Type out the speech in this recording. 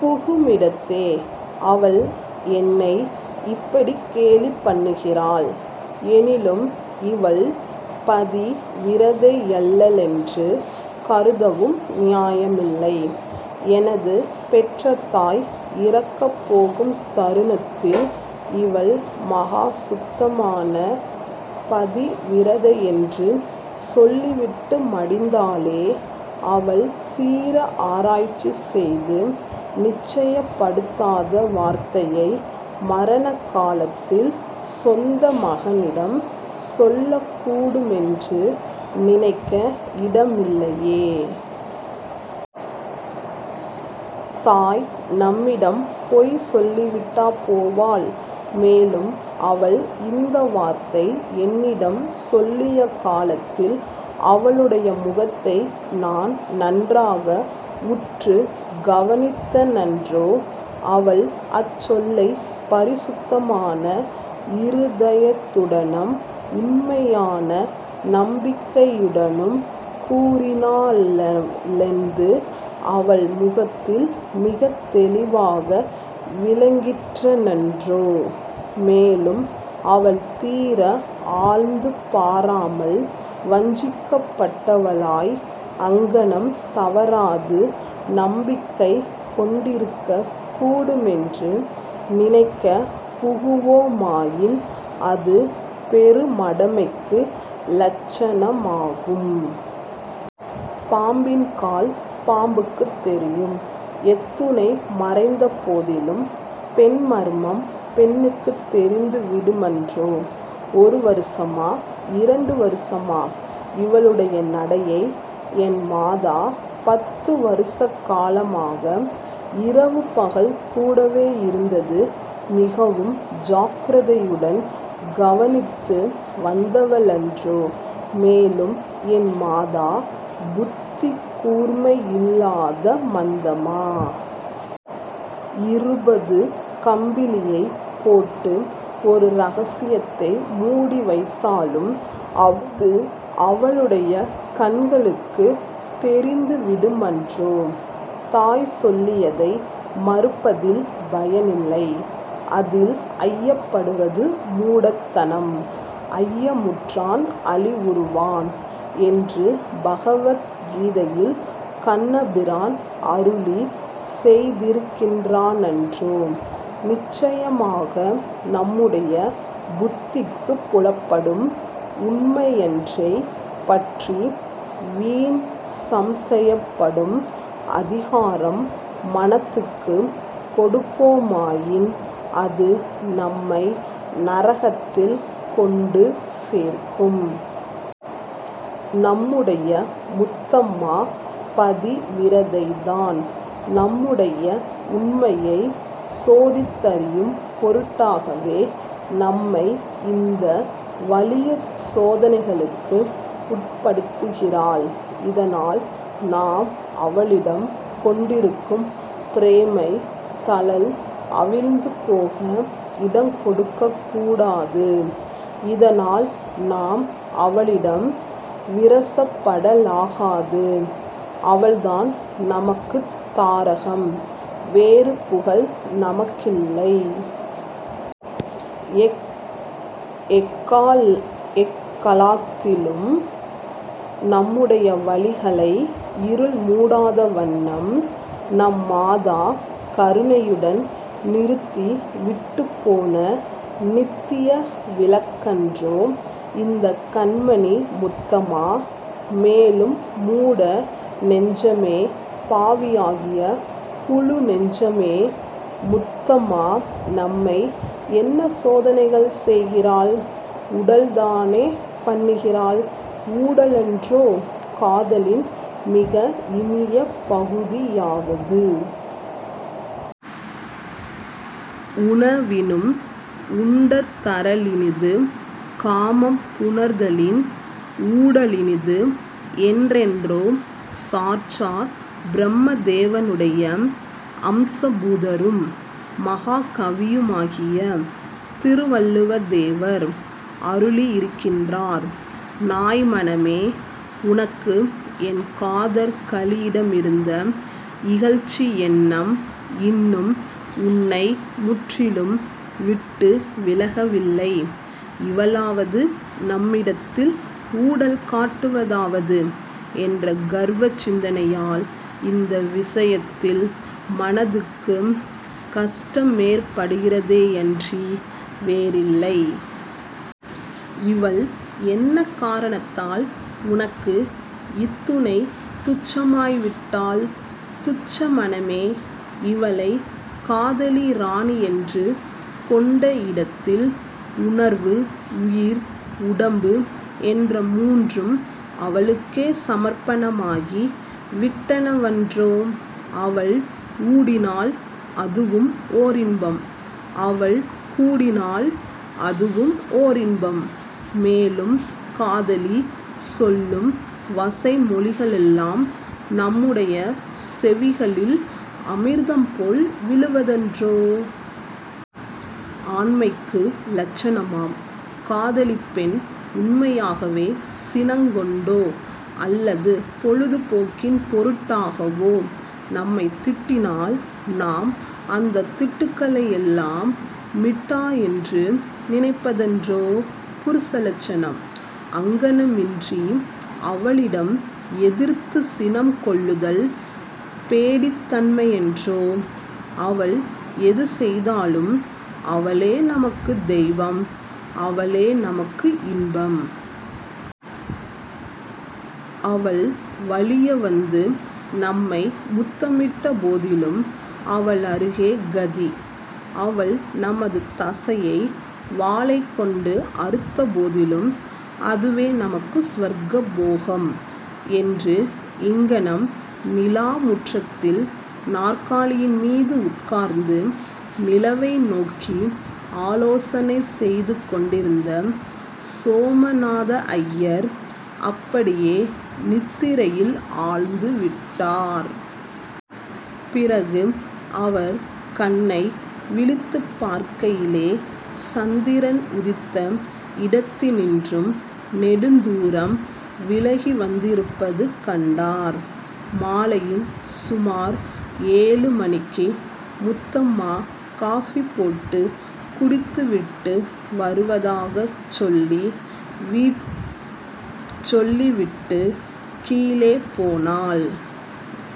புகுமிடத்தே, அவள் என்னை இப்படிக் கேலி பண்ணுகிறாள். எனிலும் இவள் பதிவிரதையல்லளென்று கருதவும் நியாயமில்லை. எனது பெற்ற தாய் இறக்கப் போகுந் தருணத்தில் இவள் மகா சுத்தமான பதிவிரதையென்று சொல்லிவிட்டு மடிந்தாளே. அவள் தீர ஆராய்ச்சி செய்து நிச்சயப்படுத்தாத வார்த்தையை மரண காலத்தில் சொந்த மகனிடம் சொல்லக் கூடுமென்று நினைக்க இடமில்லையே. தாய் நம்மிடம் பொய் சொல்லிவிட்டா போவாள்? மேலும், அவள் இந்த வார்த்தை என்னிடம் சொல்லிய காலத்தில், அவளுடைய முகத்தை நான் நன்றாக உற்று கவனித்தேனன்றோ? அவள் அச்சொல்லைப் பரிசுத்தமான இருதயத்துடனம் உண்மையான நம்பிக்கையுடனும் கூறினாளென்து அவள் முகத்தில் மிகத் தெளிவாக விளங்கிற்றன்றோ? மேலும், அவள் தீர ஆழ்ந்து பாராமல் வஞ்சிக்கப்பட்டவளாய் அங்ஙனம் தவறாது நம்பிக்கை கொண்டிருக்கக் கூடுமென்று நினைக்கப் புகுவோமாயின், அது பெரு மடைமைக்கு லட்சணமாகும். பாம்பின் கால் பாம்புக்குத் தெரியும். எத்துணை மறைந்த போதிலும் பெண் மர்மம் பெண்ணுக்குத் தெரிந்து விடுமன்றோ? ஒரு வருஷமா, இரண்டு வருஷமா? இவளுடைய நடையை என் மாதா பத்து வருஷகாலமாக, இரவு பகல் கூடவேயிருந்தது மிகவும் ஜாக்கிரதையுடன் கவனித்து வந்தவளன்றோ? மேலும் என் மாதா புத்திக்கூர்மையில்லாத மந்தமா? இருபது கம்பிளியை போட்டு ஒரு ரகசியத்தை மூடி வைத்தாலும், அது அவளுடைய கண்களுக்குத் தெரிந்து விடுமன்றோ? தாய் சொல்லியதை மறுப்பதில் பயனில்லை. அதில் ஐயப்படுவது மூடத்தனம். 'ஐயமுற்றான் அழிவுறுவான்' என்று பகவத் கீதையில் கண்ணபிரான் அருளிச் செய்திருக்கிறானன்றோ? நிச்சயமாக நம்முடைய புத்திக்குப் புலப்படும் உண்மையன்றைப் பற்றி வீண் சம்சயப் படும் அதிகாரம் மனத்துக்குக் கொடுப்போமாயின், அது நம்மை நரகத்தில் கொண்டு சேர்க்கும். நம்முடைய முத்தம்மா பதிவிரதைதான். நம்முடைய உண்மையைச் சோதி த்-தறியும் பொருட்டாகவே, நம்மை இந்த வலிய சோதனைகளுக்கு உட்படுத்துகிறாள். இதனால் நாம் அவளிடம் கொண்டிருக்கும் பிரேமைத் தழல் அவிந்து போக இடங் கொடுக்கக்கூடாது. இதனால் நாம் அவளிடம் விரசப்படலாகாது. அவள் தான் நமக்குத் தாரகம். வேறு புகல் நமக்கில்லை. எக்கலாத்திலும் நம்முடைய வழிகளை இருள் மூடாத வண்ணம் நம் மாதா கருணையுடன் நிறுத்தி விட்டுப்போன நித்ய விளக்கன்றோ இந்தக் கண்மணி முத்தம்மா? மேலும், மூட நெஞ்சமே! பாவியாகிய புழு நெஞ்சமே! முத்தம்மா நம்மை என்ன சோதனைகள் செய்கிறாள்? ஊடல் தானே பண்ணுகிறாள்? ஊடலன்றோ காதலின் மிக இனிய பகுதியாவது? உணவினும் உண்டதறலினிது காமம் புணர்தலின் ஊட லினிது என்றன்றோ சாட்சாத் பிரமதேவனுடைய அம்சபூதரும் மகாகவியுமாகிய திருவள்ளுவ தேவர் அருளியிருக்கின்றார். நாய் மனமே! உனக்கு என் காதற் கிளியிடமிருந்த இகழ்ச்சியெண்ணம் இன்னும் உன்னை முற்றிலும் விட்டு விலகவில்லை. 'இவளாவது? நம்மிடத்தில் ஊடல் காட்டுவதாவது? ' என்ற கர்வ சிந்தனையால், இந்த விஷயத்தில் மனதுக்குக் கஷ்டமேற்படுகிறதேயன்றி வேறில்லை. இவள் என்ன காரணத்தால் உனக்கு இத்தனை துச்சமாய் விட்டாள்? துச்ச மனமே? இவளைக் காதலிராணியென்று கொண்ட இடத்தில், உணர்வு, உயிர், உடம்பு என்ற மூன்றும் அவளுக்கே சமர்ப்பணமாகி விட்டனவன்றோ? அவள் ஊடினால் அதுவும் ஓரின்பம். அவள் கூடினால் அதுவும் ஓரின்பம். மேலும், காதலி சொல்லும் வசை மொழிகளெல்லாம் நம்முடைய செவிகளில் அமிர்தம் போல் விழுவதன்றோ? ஆண்மைக்கு லட்சணமாம்? காதலிப் பெண் உண்மையாகவே சினங் கொண்டோ அல்லது பொழுது போக்கின் பொருட்டாகவோ, நம்மைத் திட்டினால், நாம் அந்தத் திட்டுக்களையெல்லாம் மிட்டாயென்று நினைப்பதன்றோ புருஷலட்சணம்? அங்ஙனமின்றி அவளிடம் எதிர்த்துச் சினங் கொள்ளுதல் பேடித்தன்மையன்றோ? அவள் எது செய்தாலும் அவளே நமக்குத் தெய்வம், அவளே நமக்கு இன்பம். அவள் வலிய வந்து நம்மை முத்தமிட்டபோதிலும், அவளருளே கதி. அவள் நமது தசையை வாளைக் கொண்டு அறுத்தபோதிலும், அதுவே நமக்கு சுவர்க்க போகம். '' என்று இங்ஙனம் நிலாமுற்றத்தில் நாற்காலியின் மீதுட்கார்ந்து நிலவை நோக்கி ஆலோசனை செய்து கொண்டிருந்த சோமநாதய்யர் அப்படியே நித்திரையில் ஆழ்ந்து விட்டார். பிறகு அவர் கண்ணை விழித்துப் பார்க்கையிலே, சந்திரன் உதித்த இடத்தினின்றும் நெடுந்தூரம் விலகிவந்திருப்பது கண்டார். மாலையில் சுமார் ஏழுமணிக்கு முத்தம்மா காபி போட்டுக் குடித்துவிட்டு வருவதாகச் சொல்லி விட்டுக் கீழே போனாள்.